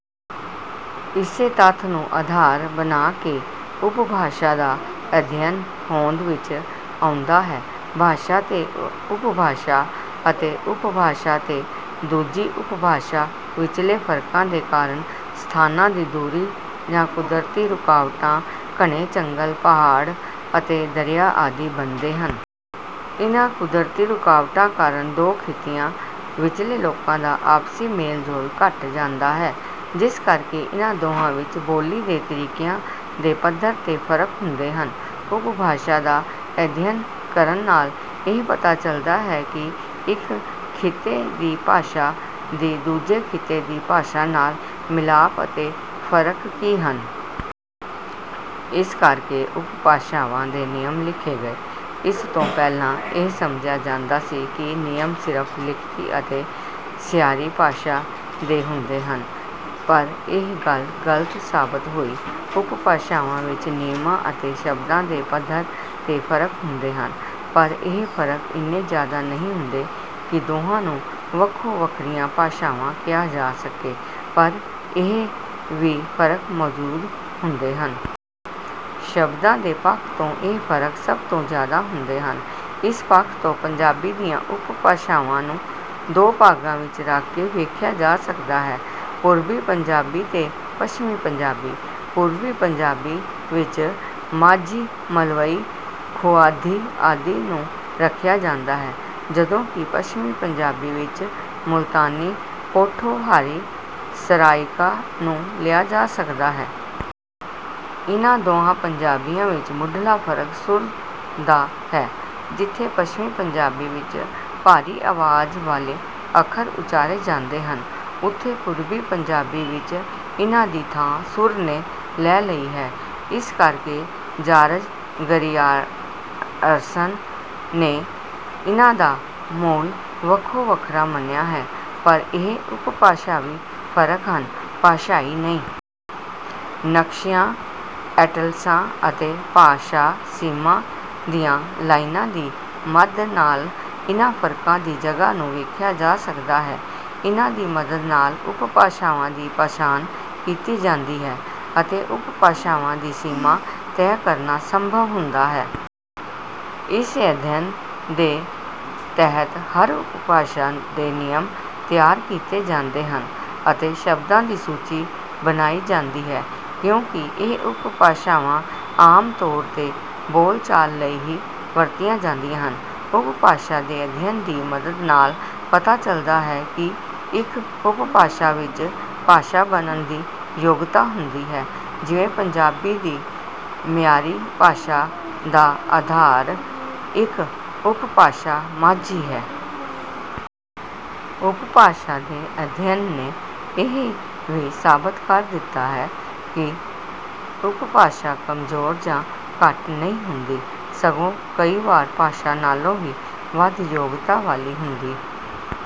ਇਸੇ ਤੱਥ ਨੂੰ ਅਧਾਰ ਬਣਾ ਕੇ ਉਪਭਾਸ਼ਾ ਦਾ ਅਧਿਐਨ ਹੋਂਦ ਵਿੱਚ ਆਉਂਦਾ ਹੈ। ਭਾਸ਼ਾ ਤੇ ਉਪਭਾਸ਼ਾ ਅਤੇ ਉਪਭਾਸ਼ਾ ਤੇ ਦੂਜੀ ਉਪਭਾਸ਼ਾ ਵਿਚਲੇ ਫਰਕਾਂ ਦੇ ਕਾਰਨ ਸਥਾਨਾਂ ਦੀ ਦੂਰੀ ਜਾਂ ਕੁਦਰਤੀ ਰੁਕਾਵਟਾਂ, ਘਣੇ ਜੰਗਲ, ਪਹਾੜ ਅਤੇ ਦਰਿਆ ਆਦਿ ਬਣਦੇ ਹਨ। ਇਨ੍ਹਾਂ ਕੁਦਰਤੀ ਰੁਕਾਵਟਾਂ ਕਾਰਨ ਦੋ ਖਿੱਤਿਆਂ ਵਿਚਲੇ ਲੋਕਾਂ ਦਾ ਆਪਸੀ ਮੇਲ-ਜੋਲ ਘੱਟ ਜਾਂਦਾ ਹੈ, ਜਿਸ ਕਰਕੇ ਇਨ੍ਹਾਂ ਦੋਹਾਂ ਵਿੱਚ ਬੋਲੀ ਦੇ ਤਰੀਕਿਆਂ ਦੇ ਪੱਧਰ 'ਤੇ ਫਰਕ ਹੁੰਦੇ ਹਨ। ਉਪਭਾਸ਼ਾ ਦਾ ਅਧਿਐਨ ਕਰਨ ਨਾਲ ਇਹ ਪਤਾ ਚਲਦਾ ਹੈ ਕਿ ਇੱਕ ਖਿੱਤੇ ਦੀ ਭਾਸ਼ਾ ਦੀ ਦੂਜੇ ਖਿੱਤੇ ਦੀ ਭਾਸ਼ਾ ਨਾਲ ਮਿਲਾਪ ਅਤੇ ਫਰਕ ਕੀ ਹਨ। ਇਸ ਕਰਕੇ ਉਪਭਾਸ਼ਾਵਾਂ ਦੇ ਨਿਯਮ ਲਿਖੇ ਗਏ। ਇਸ ਤੋਂ ਪਹਿਲਾਂ ਇਹ ਸਮਝਿਆ ਜਾਂਦਾ ਸੀ ਕਿ ਨਿਯਮ ਸਿਰਫ਼ ਲਿਖਤੀ ਅਤੇ ਮਿਆਰੀ ਭਾਸ਼ਾ ਦੇ ਹੁੰਦੇ ਹਨ, ਪਰ ਇਹ ਗੱਲ ਗਲਤ ਸਾਬਤ ਹੋਈ। ਉਪਭਾਸ਼ਾਵਾਂ ਵਿੱਚ ਨਿਯਮਾਂ ਅਤੇ ਸ਼ਬਦਾਂ ਦੇ ਪੱਧਰ 'ਤੇ ਫਰਕ ਹੁੰਦੇ ਹਨ, ਪਰ ਇਹ ਫਰਕ ਇੰਨੇ ਜ਼ਿਆਦਾ ਨਹੀਂ ਹੁੰਦੇ ਕਿ ਦੋਹਾਂ ਨੂੰ ਵੱਖੋ-ਵੱਖਰੀਆਂ ਭਾਸ਼ਾਵਾਂ ਕਿਹਾ ਜਾ ਸਕੇ, ਪਰ ਫਿਰ ਵੀ ਫਰਕ ਮੌਜੂਦ ਹੁੰਦੇ ਹਨ। ਸ਼ਬਦਾਂ ਦੇ ਪੱਖ ਤੋਂ ਇਹ ਫਰਕ ਸਭ ਤੋਂ ਜ਼ਿਆਦਾ ਹੁੰਦੇ ਹਨ। ਇਸ ਪੱਖ ਤੋਂ ਪੰਜਾਬੀ ਦੀਆਂ ਉਪਭਾਸ਼ਾਵਾਂ ਨੂੰ ਦੋ ਭਾਗਾਂ ਵਿੱਚ ਰੱਖ ਕੇ ਵੇਖਿਆ ਜਾ ਸਕਦਾ ਹੈ: ਪੂਰਬੀ ਪੰਜਾਬੀ ਤੇ ਪੱਛਮੀ ਪੰਜਾਬੀ। ਪੂਰਬੀ ਪੰਜਾਬੀ ਵਿੱਚ ਮਾਝੀ, ਮਲਵਈ, ਪੁਆਧੀ ਆਦਿ ਨੂੰ ਰੱਖਿਆ ਜਾਂਦਾ ਹੈ, ਜਦੋਂ ਕਿ ਪੱਛਮੀ ਪੰਜਾਬੀ ਵਿੱਚ ਮੁਲਤਾਨੀ, ਪੋਠੋਹਾਰੀ, ਸਰਾਇਕੀ ਨੂੰ ਲਿਆ ਜਾ ਸਕਦਾ ਹੈ। ਇਨ੍ਹਾਂ ਦੋਹਾਂ ਪੰਜਾਬੀਆਂ ਵਿੱਚ ਮੁੱਢਲਾ ਫਰਕ ਸੁਰ ਦਾ ਹੈ। ਜਿੱਥੇ ਪੱਛਮੀ ਪੰਜਾਬੀ ਵਿੱਚ ਭਾਰੀ ਆਵਾਜ਼ ਵਾਲੇ ਅੱਖਰ ਉਚਾਰੇ ਜਾਂਦੇ ਹਨ, ਉੱਥੇ ਪੂਰਬੀ ਪੰਜਾਬੀ ਵਿੱਚ ਇਨ੍ਹਾਂ ਦੀ ਥਾਂ ਸੁਰ ਨੇ ਲੈ ਲਈ ਹੈ। ਇਸ ਕਰਕੇ ਜਾਰਜ ਗਰੀਅਰਸਨ ਨੇ ਇਨ੍ਹਾਂ ਦਾ ਮੂਲ ਵੱਖੋ-ਵੱਖਰਾ ਮੰਨਿਆ ਹੈ, ਪਰ ਇਹ ਉਪਭਾਸ਼ਾਈ ਫਰਕ ਹਨ, ਭਾਸ਼ਾਈ ਨਹੀਂ। ਨਕਸ਼ਿਆਂ, ਐਟਲਸਾਂ ਅਤੇ ਭਾਸ਼ਾ-ਸੀਮਾ ਦੀਆਂ ਲਾਈਨਾਂ ਦੀ ਮਦ ਨਾਲ ਇਨ੍ਹਾਂ ਫਰਕਾਂ ਦੀ ਜਗ੍ਹਾ ਨੂੰ ਵੇਖਿਆ ਜਾ ਸਕਦਾ ਹੈ। ਇਨ੍ਹਾਂ ਦੀ ਮਦਦ ਨਾਲ ਉਪਭਾਸ਼ਾਵਾਂ ਦੀ ਪਛਾਣ ਕੀਤੀ ਜਾਂਦੀ ਹੈ ਅਤੇ ਉਪਭਾਸ਼ਾਵਾਂ ਦੀ ਸੀਮਾ ਤੈਅ ਕਰਨਾ ਸੰਭਵ ਹੁੰਦਾ ਹੈ। ਇਸ ਅਧਿਐਨ ਦੇ ਤਹਿਤ ਹਰ ਉਪਭਾਸ਼ਾ ਦੇ ਨਿਯਮ ਤਿਆਰ ਕੀਤੇ ਜਾਂਦੇ ਹਨ ਅਤੇ ਸ਼ਬਦਾਂ ਦੀ ਸੂਚੀ ਬਣਾਈ ਜਾਂਦੀ ਹੈ, ਕਿਉਂਕਿ ਇਹ ਉਪਭਾਸ਼ਾਵਾਂ ਆਮ ਤੌਰ 'ਤੇ ਬੋਲਚਾਲ ਲਈ ਹੀ ਵਰਤੀਆਂ ਜਾਂਦੀਆਂ ਹਨ। ਉਪਭਾਸ਼ਾ ਦੇ ਅਧਿਐਨ ਦੀ ਮਦਦ ਨਾਲ ਪਤਾ ਚਲਦਾ ਹੈ ਕਿ ਇੱਕ ਉਪਭਾਸ਼ਾ ਵਿੱਚ ਭਾਸ਼ਾ ਬਣਨ ਦੀ ਯੋਗਤਾ ਹੁੰਦੀ ਹੈ, ਜਿਵੇਂ ਪੰਜਾਬੀ ਦੀ ਮਿਆਰੀ ਭਾਸ਼ਾ ਦਾ ਅਧਾਰ ਇੱਕ ਉਪਭਾਸ਼ਾ 'ਮਾਝੀ' ਹੈ। ਉਪਭਾਸ਼ਾ ਦੇ ਅਧਿਐਨ ਨੇ ਇਹ ਵੀ ਸਾਬਤ ਕਰ ਦਿੱਤਾ ਹੈ ਕਿ ਉਪਭਾਸ਼ਾ ਕਮਜ਼ੋਰ ਜਾਂ ਘੱਟ ਨਹੀਂ ਹੁੰਦੀ, ਸਗੋਂ ਕਈ ਵਾਰ ਭਾਸ਼ਾ ਨਾਲੋਂ ਵੀ ਵੱਧ ਯੋਗਤਾ ਵਾਲੀ ਹੁੰਦੀ